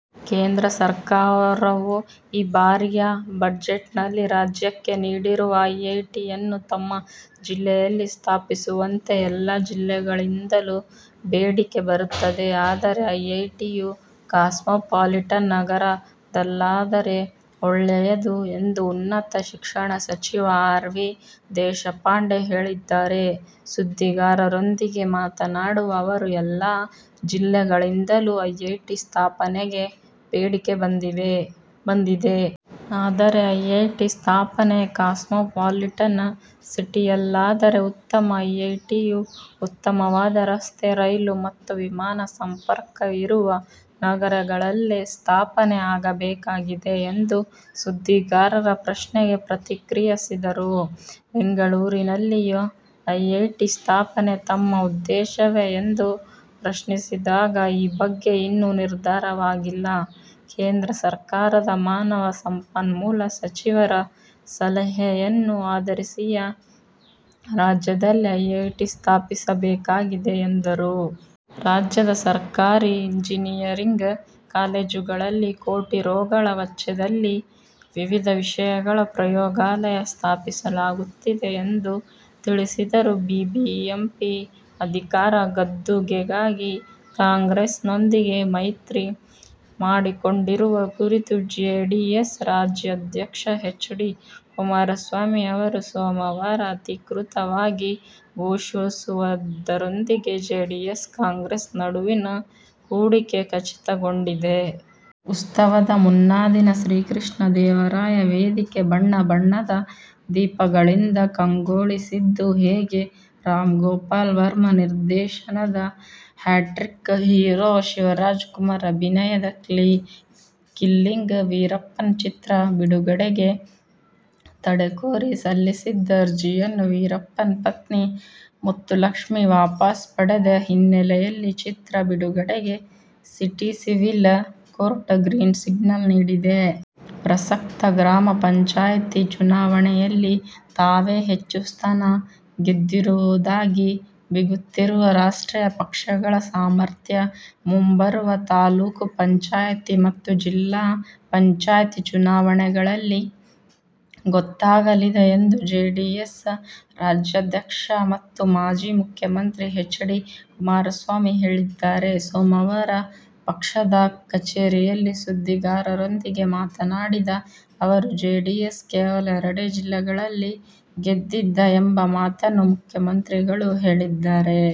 ಕೇಂದ್ರ ಸರ್ಕಾರವು ಈ ಬಾರಿಯ ಬಜೆಟ್ನಲ್ಲಿ ರಾಜ್ಯಕೆ ನೀಡಿರುವ ಐಐಟಿಯನ್ನು ತಮ್ಮ ಜಿಲ್ಲೆಯಲ್ಲಿ ಸ್ಥಾಪಿಸುವಂತೆ ಎಲ್ಲಾ ಜಿಲ್ಲೆಗಳಿಂದಲೂ ಬೇಡಿಕೆ ಬರುತ್ತಿದೆ. ಆದರೆ ಐಐಟಿಯು ಕಾಸ್ಮೋಪಾಲಿಟನ್ ನಗರದಲ್ಲಾದರೆ ಒಳ್ಳೆಯದು ಎಂದು ಉನ್ನತ ಶಿಕ್ಷಣ ಸಚಿವ ಆರ್. ವಿ. ದೇಶಪಾಂಡೆ ಹೇಳಿದ್ದಾರೆ. ಸುದ್ದಿಗಾರರೊಂದಿಗೆ ಮಾತನಾಡಿದ ಅವರು, ಎಲ್ಲಾ ಜಿಲ್ಲೆಗಳಿಂದಲೂ ಐಐಟಿ ಸ್ಥಾಪನೆಗೆ ಬೇಡಿಕೆ ಬಂದಿದೆ. ಆದರೆ ಐಐಟಿ ಸ್ಥಾಪನೆ ಕಾಸ್ಮೋಪಾಲಿಟನ್ ಸಿಟಿಯಲ್ಲಾದರೆ ಉತ್ತಮ. ಐಐಟಿಯು ಉತ್ತಮವಾದ ರಸ್ತೆ, ರೈಲು ಮತ್ತು ವಿಮಾನ ಸಂಪರ್ಕ ಇರುವ ನಗರಗಳಲ್ಲೇ ಸ್ಥಾಪನೆ ಆಗಬೇಕಾಗಿದೆ ಎಂದು ಸುದ್ದಿಗಾರರ ಪ್ರಶ್ನೆಗೆ ಪ್ರತಿಕ್ರಿಯಿಸಿದರು. ಬೆಂಗಳೂರಿನಲ್ಲಿಯೇ ಐಐಟಿ ಸ್ಥಾಪನೆ ತಮ್ಮ ಉದ್ದೇಶವೇ ಎಂದು ಪ್ರಶ್ನಿಸಿದಾಗ, ಈ ಬಗ್ಗೆ ಇನ್ನೂ ನಿರ್ಧಾರವಾಗಿಲ್ಲ. ಕೇಂದ್ರ ಸರ್ಕಾರದ ಮಾನವ ಸಂಪನ್ಮೂಲ ಸಚಿವರ ಸಲಹೆಯನ್ನು ಆಧರಿಸಿಯೇ ರಾಜ್ಯದಲ್ಲಿ ಐಐಟಿ ಸ್ಥಾಪಿಸಬೇಕಾಗಿದೆ ಎಂದರು. ರಾಜ್ಯದ ಸರ್ಕಾರಿ ಇಂಜಿನಿಯರಿಂಗ್ ಕಾಲೇಜುಗಳಲ್ಲಿ ಕೋಟಿ ರೂಗಳ ವೆಚ್ಚದಲ್ಲಿ ವಿವಿಧ ವಿಷಯಗಳ ಪ್ರಯೋಗಾಲಯ ಸ್ಥಾಪಿಸಲಾಗುತ್ತಿದೆ ಎಂದೂ ತಿಳಿಸಿದರು. ಬಿಬಿಎಂಪಿ ಅಧಿಕಾರ ಗದ್ದುಗೆಗಾಗಿ ಕಾಂಗ್ರೆಸ್ನೊಂದಿಗೆ ಮೈತ್ರಿ ಮಾಡಿಕೊಂಡಿರುವ ಕುರಿತು ಜೆಡಿಎಸ್ ರಾಜ್ಯಾಧ್ಯಕ್ಷ ಎಚ್. ಡಿ. ಕುಮಾರಸ್ವಾಮಿ ಅವರು ಸೋಮವಾರ ಅಧಿಕೃತವಾಗಿ ಘೋಷಿಸುವುದರೊಂದಿಗೆ ಜೆಡಿಎಸ್-ಕಾಂಗ್ರೆಸ್ ನಡುವಿನ ಕೂಡಿಕೆ ಖಚಿತಗೊಂಡಿದೆ. ಉತ್ಸವದ ಮುನ್ನಾದಿನ ಶ್ರೀಕೃಷ್ಣದೇವರಾಯ ವೇದಿಕೆ ಬಣ್ಣ, ಬಣ್ಣದ ದೀಪಗಳಿಂದ ಕಂಗೊಳಿಸಿದ್ದು ಹೀಗೆ. ರಾಮ್ ಗೋಪಾಲ್ ವರ್ಮಾ ನಿರ್ದೇಶನದ, ಹ್ಯಾಟ್ರಿಕ್ ಹೀರೋ ಶಿವರಾಜ್ ಕುಮಾರ್ ಅಭಿನಯದ ಕಿಲ್ಲಿಂಗ್ ವೀರಪ್ಪನ್ ಚಿತ್ರ ಬಿಡುಗಡೆಗೆ ತಡೆಕೋರಿ ಸಲ್ಲಿಸಿದ್ದ ಅರ್ಜಿಯನ್ನು ವೀರಪ್ಪನ್ ಪತ್ನಿ ಮುತ್ತುಲಕ್ಷ್ಮಿ ವಾಪಸ್ ಪಡೆದ ಹಿನ್ನೆಲೆಯಲ್ಲಿ ಚಿತ್ರ ಬಿಡುಗಡೆಗೆ city civil court green signal ನೀಡಿದೆ. ಪ್ರಸಕ್ತ ಗ್ರಾಮ ಪಂಚಾಯ್ತಿ ಚುನಾವಣೆಯಲ್ಲಿ ತಾವೇ ಹೆಚ್ಚು ಸ್ಥಾನ ಗೆದ್ದಿರುವುದಾಗಿ ಬೀಗುತ್ತಿರುವ ರಾಷ್ಟ್ರೀಯ ಪಕ್ಷಗಳ ಸಾಮರ್ಥ್ಯ ಮುಂಬರುವ ತಾಲೂಕು ಪಂಚಾಯ್ತಿ ಮತ್ತು ಜಿಲ್ಲಾ ಪಂಚಾಯ್ತಿ ಚುನಾವಣೆಗಳಲ್ಲಿ ಗೊತ್ತಾಗಲಿದೆ ಎಂದು ಜೆಡಿಎಸ್ ರಾಜ್ಯಾಧ್ಯಕ್ಷ ಮತ್ತು ಮಾಜಿ ಮುಖ್ಯಮಂತ್ರಿ ಎಚ್. ಡಿ. ಕುಮಾರಸ್ವಾಮಿ ಹೇಳಿದ್ದಾರೆ. ಸೋಮವಾರ ಪಕ್ಷದ ಕಚೇರಿಯಲ್ಲಿ ಸುದ್ದಿಗಾರರೊಂದಿಗೆ ಮಾತನಾಡಿದ ಅವರು, ಜೆಡಿಎಸ್ ಕೇವಲ ಎರಡೇ ಜಿಲ್ಲೆಗಳಲ್ಲಿ ಗೆದ್ದಿದೆ ಎಂಬ ಮಾತನ್ನು ಮುಖ್ಯಮಂತ್ರಿಗಳು ಹೇಳಿದ್ದಾರೆ.